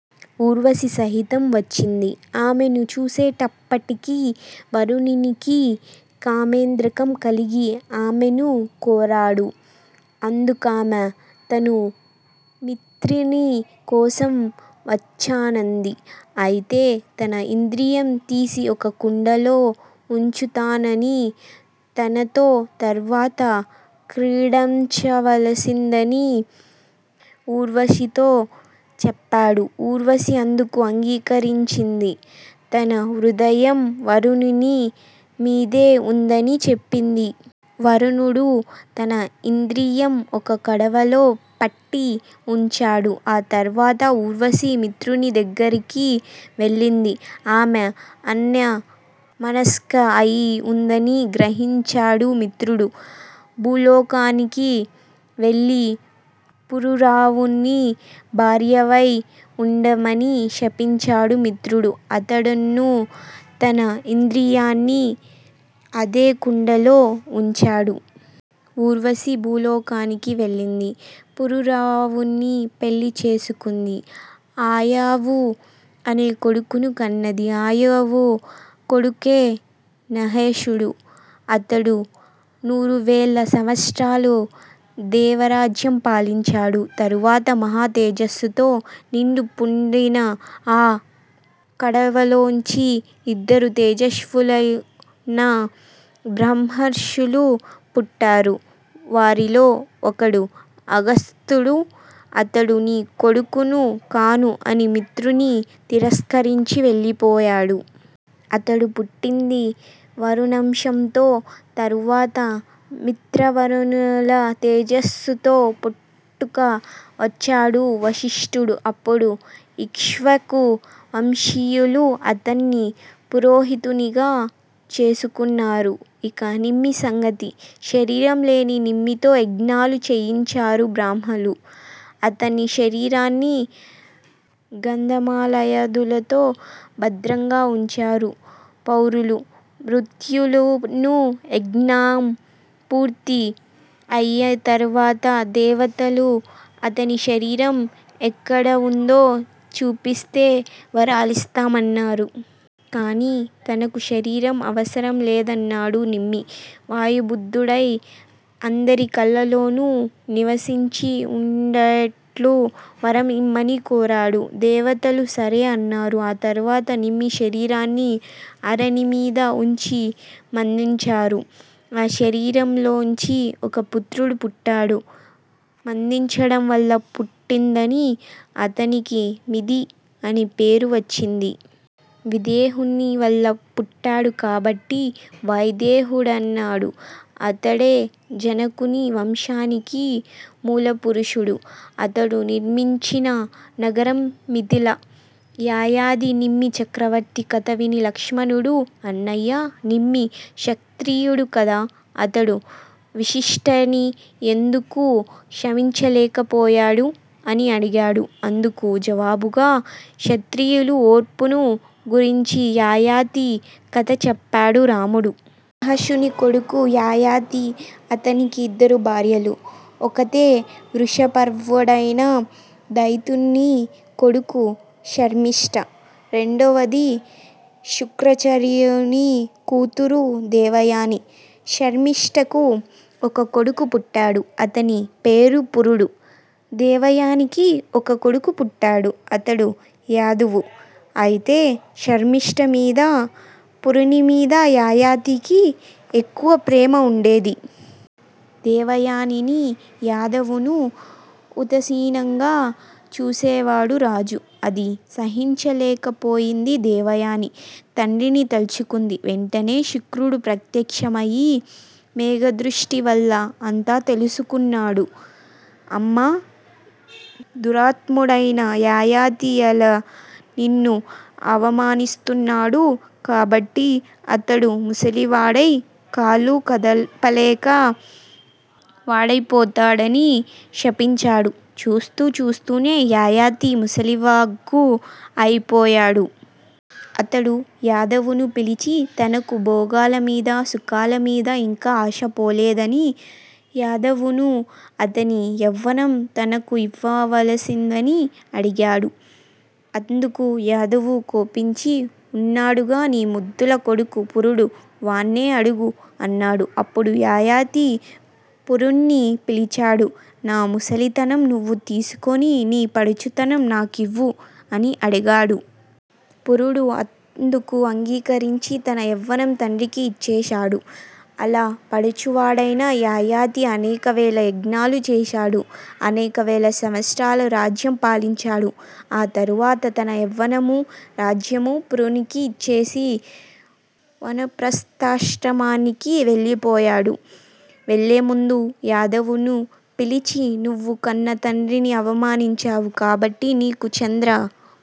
ఊర్వశి సహితం వచ్చింది. ఆమెను చూసేటప్పటికి వరుణినికి కామోద్రేకం కలిగి ఆమెను కోరాడు. అందుకామె తాను మిత్రుని కోసం వచ్చానంది. అయితే తన ఇంద్రియం తీసి ఒక కుండలో వుంచుతాననీ తనతో తరువాత క్రీడించవలసిందనీ ఊర్వశితో చెప్పాడు. ఊర్వశి అందుకు అంగీకరించింది. తన హృదయం వరుణుని మీదే వుందని చెప్పింది. వరుణుడు తన ఇంద్రియం ఒక కడవలో పట్టి వుంచాడు. ఆ తర్వాత ఊర్వశి మిత్రుని దగ్గరికి వెళ్ళింది. ఆమె అన్య మనస్క అయి వుందని గ్రహించాడు మిత్రుడు. భూలోకానికి వెళ్లి పురూరవుని భార్యవై వుండమని శపించాడు మిత్రుడు. అతడున్నూ తన ఇంద్రియాన్ని అదే కుండలో వుంచాడు. ఊర్వశి భూలోకానికి వెళ్లింది. పురూరవుణ్ణి పెళ్లి చేసుకుంది. 'ఆయువు' అనే కొడుకును కన్నది. ఆయువు కొడుకే నహూషుడు. అతడు నూరువేల సంవత్సరాలు దేవ రాజ్యం పాలించాడు. తరువాత మహా తేజస్సుతో నిండి వుండిన ఆ కడవలోంచి ఇద్దరు తేజశ్శాలులైన బ్రహ్మర్షులు పుట్టారు. వారిలో ఒకడు అగస్త్యుడు అతడు నీ కొడుకును కాను అని మిత్రుణ్ని తిరస్కరించి వెళ్ళిపోయాడు. అతడు పుట్టింది వరుణాంశతో. తరువాత మిత్రావరుణుల తేజస్సుతో పుట్టుక వచ్చాడు వశిష్ఠుడు. అప్పుడు ఇక్ష్వాకు వంశీయులు అతణ్ని పురోహితుణ్నిగా చేసుకున్నారు. ఇక నిమి సంగతి. శరీరం లేని నిమితో యజ్ఞాలు చేయించారు బ్రాహ్మలు. అతని శరీరాన్ని గంధమాల్యాదుల్తో భద్రంగా వుంచారు పౌరులూ, భృత్యులున్నూ, యజ్ఞం పూర్తి అయిం తర్వాత దేవతలు అతని శరీరం ఎక్కడవుందో చూపిస్తే వరాలిస్తామన్నారు. కాని తనకు శరీరం అవసరం లేదన్నాడు నిమి. వాయుబూతుడై అందరి కళ్ళల్లోనూ నివసించి వుండేట్లు వరం ఇమ్మని కోరాడు. దేవతలు 'సరే' అన్నారు. ఆ తర్వాత నిమి శరీరాన్ని అరణి మీద వుంచి మధించారు. ఆ శరీరంలోంచి ఒక పుత్రుడు పుట్టాడు. మధించడం వల్ల పుట్టిందని అతనికి 'మిధి' అని పేరు వచ్చింది. విదేహుని వల్ల పుట్టాడు కాబట్టి వైదేహుడైనాడు. అతడే జనకుని వంశానికి మూలపుఋషుడు. అతడు నిర్మించిన నగరం మిథిల. యయాతి నిమి చక్రవర్తి కథ విని లక్ష్మణుడు అన్నయ్యా! నిమి క్షత్రియుడు కదా! అతడు విశిష్టుణ్నిఎందుకు క్షమించలేకపోయాడు? ' అని అడిగాడు. అందుకు జవాబుగా క్షత్రియుల ఓర్పును గూర్చి యయాతి కథ చెప్పాడు రాముడు. నహుషుని కొడుకు యయాతి. అతనికి ఇద్దరు భార్యలు. ఒకతే వృషపర్వుడనే దైత్యుని కూతురు శర్మిష్ఠ. రెండవది శుక్రాచార్యుని కూతురు దేవయాని. శర్మిష్ఠకు ఒక కొడుకు పుట్టాడు. అతని పేరు పూరుడు. దేవయానికీ ఒక కొడుకు పుట్టాడు. అతడు యదువు. అయితే శర్మిష్ఠమీదా, పూరునిమీదా యయాతికి ఎక్కువ ప్రేమ వుండేది. దేవయానినీ, యదువునూ ఉదాసీనంగా చూసేవాడు రాజు. అది సహించలేకపోయింది దేవయాని. తండ్రిని తల్చుకుంది. వెంటనే శుక్రుడు ప్రత్యక్షం అయి మోగదృష్టి వల్ల అంతా తెలుసుకున్నాడు. అమ్మా! దురాత్ముడైన యయాతి యిలా నిన్ను అవమానిస్తున్నాడు కాబట్టి అతడు ముసలివాడై కాలు కదపలేని వాడైపోతాడని శపించాడు. చూస్తూ, చూస్తూనే యయాతి ముసలి వగ్గు అయిపోయాడు. అతడు యదువును పిలిచి తనకు భోగాల మీద సుఖాలమీదా ఇంకా ఆశపోలేదనీ యదువును అతని యవ్వనం తనకు ఇవ్వవలసిందనీ అడిగాడు. అందుకు యదువు కోపించి ఉన్నాడుగా నీ ముద్దుల కొడుకు పూరుడు. వాణ్ణే అడుగు అన్నాడు. అప్పుడు యయాతి పూరుణ్ణి పిలిచాడు. నా ముసలితనం నువ్వు తీసుకొని నీ పడుచుదనం నాకివ్వు అని అడిగాడు. పూరుడు అందుకు అంగీకరించి తన యవ్వనం తండ్రికి యిచ్చేశాడు. అలా పడుచువాడైన యయాతి అనేక వేల యజ్ఞాలు చేశాడు. అనేకవేల సంవత్సరాల రాజ్యం పాలించాడు. ఆ తరువాత తన యవ్వనమూ, రాజ్యమూ పూరునికి ఇచ్చేసి వానప్రస్థాశ్రమానికి వెళ్ళిపోయాడు. వెళ్లేముందు యదువును పిలిచి నువ్వు కన్న తండ్రిని అవమానించావు. కాబట్టి నీకు చంద్ర